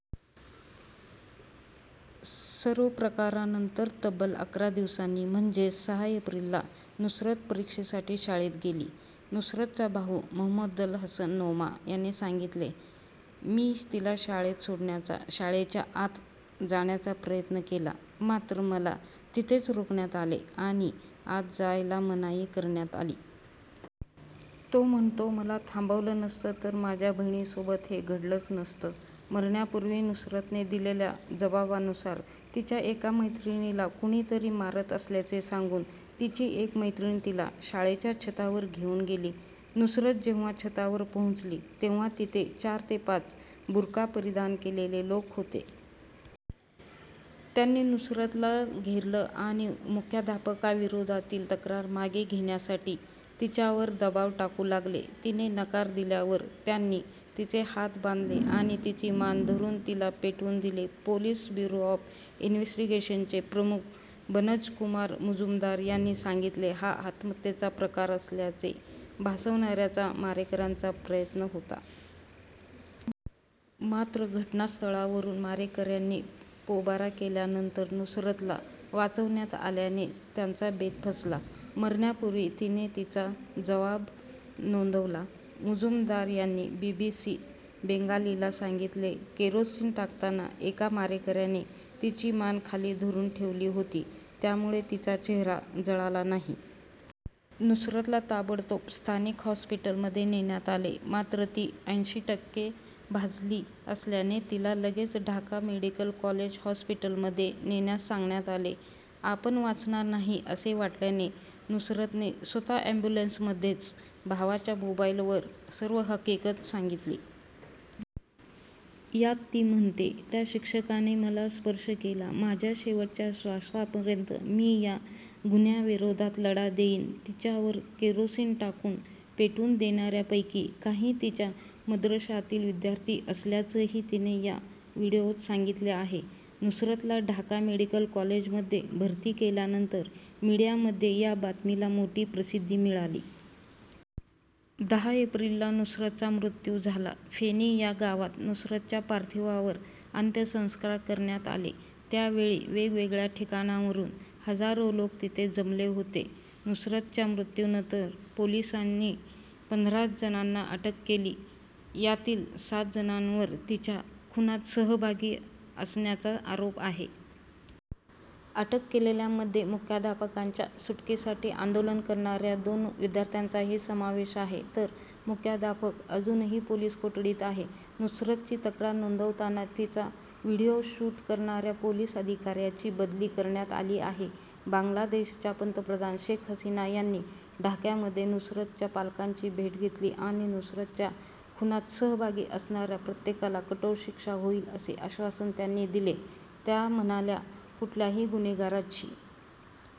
सर्व प्रकारानंतर तब्बल अकरा दिवसांनी म्हणजे सहा एप्रिलला नुसरत परीक्षेसाठी शाळेत गेली. नुसरतचा भाऊ महमद्दुल हसन नोमा याने सांगितले, मी तिला शाळेत सोडण्याचा, शाळेच्या आत जाण्याचा प्रयत्न केला. मात्र मला तिथेच रोखण्यात आले आणि आत जायला मनाई करण्यात आली. तो म्हणतो मला थांबवलं नसतं तर माझ्या बहिणीसोबत हे घडलंच नसतं. मरण्यापूर्वी नुसरतने दिलेल्या जबाबानुसार तिच्या एका मैत्रिणीला कुणीतरी मारत असल्याचे सांगून तिची एक मैत्रीण तिला शाळेच्या छतावर घेऊन गेली. नुसरत जेव्हा छतावर पोहोचली तेव्हा तिथे चार ते पाच बुरखा परिधान केलेले लोक होते. त्यांनी नुसरतला घेरलं आणि मुख्याध्यापकाविरोधातील तक्रार मागे घेण्यासाठी तिच्यावर दबाव टाकू लागले. तिने नकार दिल्यावर त्यांनी तिचे हात बांधले आणि तिची मान धरून तिला पेटवून दिले. पोलीस ब्युरो ऑफ इन्वेस्टिगेशनचे प्रमुख बनज कुमार मुजुमदार यांनी सांगितले हा आत्महत्येचा प्रकार असल्याचे भासवण्याचा मारेकऱ्यांचा प्रयत्न होता. मात्र घटनास्थळावरून मारेकऱ्यांनी पोबारा केल्यानंतर नुसरतला वाचवण्यात आल्याने त्यांचा बेत फसला. मरण्यापूर्वी तिने तिचा जबाब नोंदवला. मुजुमदार यांनी बीबीसी बेंगालीला सांगितले केरोसीन टाकताना एका मारेकऱ्याने तिची मान खाली धरून ठेवली होती. त्यामुळे तिचा चेहरा जळाला नाही. नुसरतला ताबडतोब स्थानिक हॉस्पिटलमध्ये नेण्यात आले. मात्र, ती अंशी टक्के भाजली असल्याने तिला लगेच ढाका मेडिकल कॉलेज हॉस्पिटलमध्ये नेण्यास सांगण्यात आले. आपण वाचणार नाही, असे वाटल्याने नुसरतने स्वतः अॅम्ब्युलन्समध्येच भावाच्या मोबाईलवर सर्व हकीगत सांगितली. यात ती म्हणते, त्या शिक्षकाने मला स्पर्श केला. माझ्या शेवटच्या श्वासापर्यंत मी या गुन्ह्याविरोधात लढा देईन. तिच्यावर केरोसीन टाकून पेटवून देणाऱ्यांपैकी काही तिच्या मदरशातील विद्यार्थी असल्याचंही तिने या व्हिडिओत सांगितले आहे. नुसरतला ढाका मेडिकल कॉलेजमध्ये भर्ती केल्यानंतर मीडियामध्ये या बातमीला मोठी प्रसिद्धी मिळाली. दहा एप्रिलला नुसरतचा मृत्यू झाला. फेनी या गावात नुसरतच्या पार्थिवावर अंत्यसंस्कार करण्यात आले. त्या वेळी वेगवेगळ्या ठिकाणांवरून हजारो लोक तिथे जमले होते. नुसरतच्या मृत्यूनंतर पोलिसांनी पंधरा जणांना अटक केली. यातील सात जणांवर तिच्या खुनात सहभागी असण्याचा आरोप आहे. अटक केलेल्यांमध्ये मुख्याध्यापकाच्या सुटकेसाठी आंदोलन करणाऱ्या दोन विद्यार्थांचाही समावेश आहे. तर मुख्याध्यापक अजूनही पोलीस कोठडीत आहे. नुसरतची तक्रार नोंदवताना तिचा व्हिडिओ शूट करणाऱ्या पोलीस अधिकाऱ्याची बदली करण्यात आली आहे. बांगलादेशच्या पंतप्रधान शेख हसिना यांनी ढाक्यामध्ये नुसरतच्या पालकांची भेट घेतली आणि नुसरतच्या खुनात सहभागी असणाऱ्या प्रत्येकाला कठोर शिक्षा होईल असे आश्वासन त्यांनी दिले. त्या म्हणाल्या कुठल्याही गुन्हेगाराची